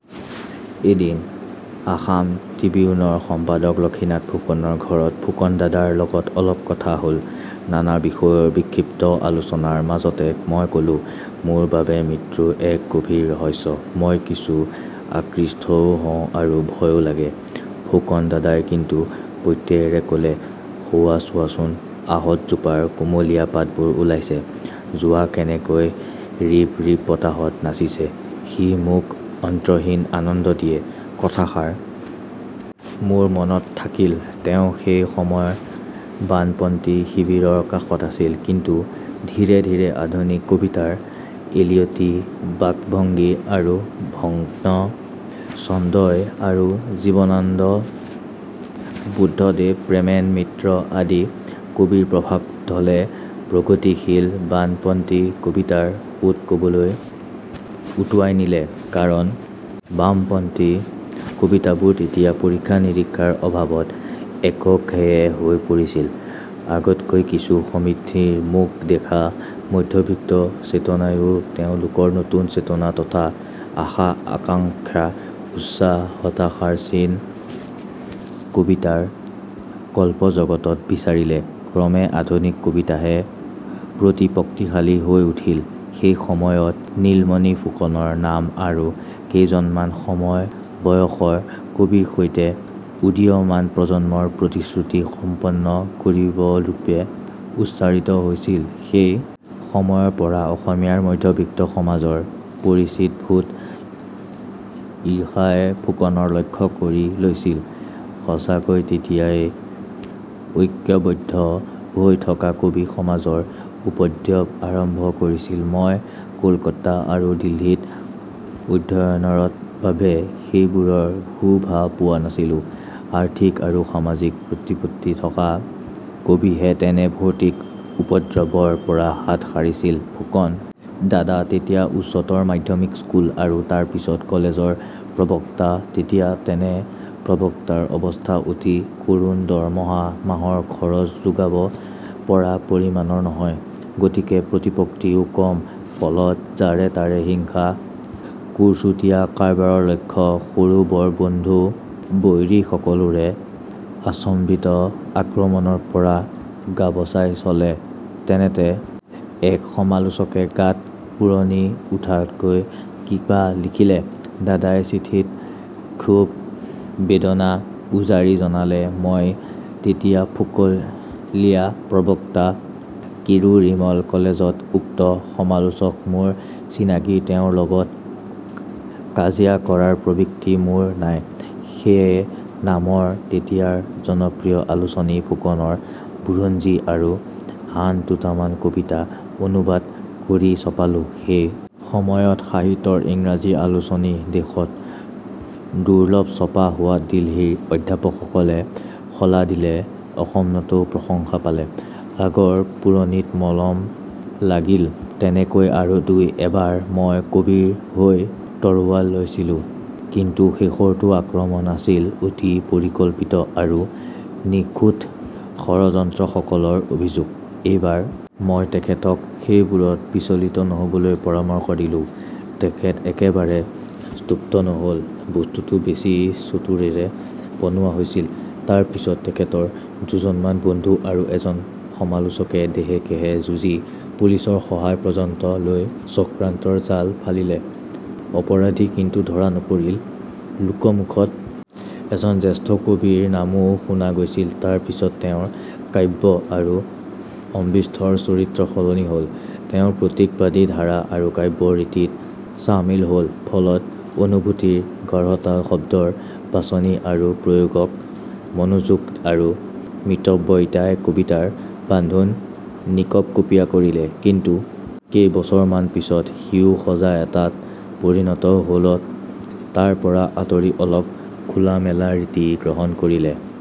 এদিন আসাম ত্ৰিবিউনৰ সম্পাদক লক্ষীনাথ ফুকনৰ ঘৰত ফুকন দাদাৰ লগত অলপ কথা হ'ল। নানা বিষয়ৰ বিক্ষিপ্ত আলোচনাৰ মাজতে মই ক'লোঁ মোৰ বাবে মৃত্যু এক গভীৰ ৰহস্য মই কিছু আকৃষ্টও হওঁ আৰু ভয়ো লাগে। ফুকন দাদাই কিন্তু প্ৰত্যয়েৰে ক'লে সৌৱা চোৱাচোন আহঁত জোপাৰ কুমলিয়া পাতবোৰ ওলাইছে, চোৱা কেনেকৈ ৰিবৰিব বতাহত নাচিছে, সি মোক অন্তহীন আনন্দ দিয়ে। কথাষাৰ মোৰ মনত থাকিল; তেওঁ সেই সময়ত বানপন্থী শিবিৰৰ কাষত আছিল। কিন্তু ধীৰে ধীৰে আধুনিক কবিতাৰ এলিয়টী বাকভংগী আৰু ভগ্ন ছন্দই আৰু জীৱনান্দ বুদ্ধদেৱ প্ৰেমেন মিত্ৰ আদি কবিৰ প্ৰভাৱ ধলে প্ৰগতিশীল বানপন্থী কবিতাৰ সোঁত কবলৈ উটুৱাই নিলে ।কাৰণ বামপন্থী কবিতাবোৰ তেতিয়া পৰীক্ষা-নিৰীক্ষাৰ অভাৱত একঘেঁয়ে হৈ পৰিছিল। আগতকৈ কিছু সমৃদ্ধিৰ মুখ দেখা মধ্যবিত্ত চেতনায়ো তেওঁলোকৰ নতুন চেতনা তথা আশা-আকাংক্ষা উচ্ছ্বাস হতাশাৰ চিন কবিতাৰ কল্পজগতত বিচাৰিলে। ক্ৰমে আধুনিক কবিতাহে প্ৰতিপত্তিশালী হৈ উঠিল। সেই সময়ত নীলমণি ফুকনৰ নাম আৰু কেইজনমান সমবয়সৰ কবিৰ সৈতে উদীয়মান প্ৰজন্মৰ প্ৰতিশ্ৰুতি সম্পন্ন কবিৰূপে উচ্চাৰিত হৈছিল। সেই সময়ৰ পৰা অসমীয়াৰ মধ্যবিত্ত সমাজৰ পৰিচিত ভূত ইৰ্ষাই ফুকনৰ লক্ষ্য কৰি লৈছিল। সঁচাকৈ তেতিয়াই ঐক্যৱদ্ধ হৈ থকা কবি সমাজৰ উপদ্ৰৱ আৰম্ভ কৰিছিল। মই কলকতা আৰু দিল্লীত অধ্যয়নৰত বাবে সেইবোৰৰ ভূ-ভা পোৱা নাছিলোঁ। আৰ্থিক আৰু সামাজিক প্ৰতিপত্তি থকা কবিহে তেনে ভৌতিক উপদ্ৰৱৰ পৰা হাত সাৰিছিল। ফুকন দাদা তেতিয়া উচ্চতৰ মাধ্যমিক স্কুল আৰু তাৰ পিছত কলেজৰ প্ৰৱক্তা। তেতিয়া তেনে প্ৰৱক্তাৰ অৱস্থা অতি কৰুণ দৰমহা মাহৰ খৰচ যোগাব পৰা পৰিমাণৰ নহয়। গতিকে প্ৰতিপত্তিও কম, ফলত যাৰে তাৰে হিংসা কুৰ্চুটিয়া কাৰবাৰৰ লক্ষ্য, সৰু বৰ বন্ধু বৈৰী সকলোৰে আচম্বিত আক্ৰমণৰ পৰা গাবচাই চলে। তেনেতে এক সমালোচকে গাত পোৰণি উঠাকৈ কিবা লিখিলে। দাদাই চিঠিত ক্ষোভ-বেদনা উজাৰি জনালে, মই তেতিয়া ফুকলিয়া প্ৰৱক্তা কিৰোৰিমল কলেজত উক্ত সমালোচক মোৰ চিনাকী তেওঁৰ লগত কাজিয়া কৰাৰ প্ৰবৃত্তি মোৰ নাই। সেয়ে নামৰ তেতিয়াৰ জনপ্ৰিয় আলোচনী ফুকনৰ বুৰঞ্জী আৰু আন দুটামান কবিতা অনুবাদ কৰি ছপালোঁ। সেই সময়ত সাহিত্যৰ ইংৰাজী আলোচনী দেশত দুৰ্লভ ছপা হোৱাত দিল্লীৰ অধ্যাপকসকলে শলাগিলে অসমতো প্ৰশংসা পালে। আগৰ পোৰণিত মলম লাগিল, তেনেকৈ আৰু দুই এবাৰ মই কবিৰ হৈ তৰোৱাল লৈছিলোঁ। কিন্তু শেষৰটো আক্ৰমণ আছিল অতি পৰিকল্পিত আৰু নিখুত ষড়যন্ত্ৰসকলৰ অভিযোগ। এইবাৰ মই তেখেতক সেইবোৰত বিচলিত নহ'বলৈ পৰামৰ্শ দিলোঁ। তেখেত একেবাৰে তুষ্ট নহ'ল, বস্তুটো বেছ চতুৰেৰে বনোৱা হৈছিল। তাৰ পিছত তেখেতৰ দুজনমান বন্ধু আৰু এজন সমালোচকে দেহে-কেহে যুঁজি পুলিচৰ সহায় পৰ্যন্ত লৈ চক্ৰান্তৰ জাল ফালিলে। অপৰাধী কিন্তু ধৰা নপৰিল। লোকমুখত এজন জ্যেষ্ঠ কবিৰ নামো শুনা গৈছিল, তাৰ পিছত তেওঁৰ কাব্য আৰু অন্বিষ্টৰ চৰিত্ৰ সলনি হ'ল। তেওঁৰ প্ৰতীকবাদী ধাৰা আৰু কাব্য ৰীতিত চামিল হ'ল। ফলত অনুভূতিৰ গাঢ়তা শব্দৰ বাছনি আৰু প্ৰয়োগক মনোযোগ আৰু মিতব্যয়িতাই কবিতাৰ বান্ধোন নিকপকপিয়া কৰিলে। কিন্তু কেইবছৰমান পিছত সিও সঁজা এটাত পৰিণত হ'লত তাৰ পৰা আঁতৰি অলপ খোলা-মেলা ৰীতি গ্ৰহণ কৰিলে।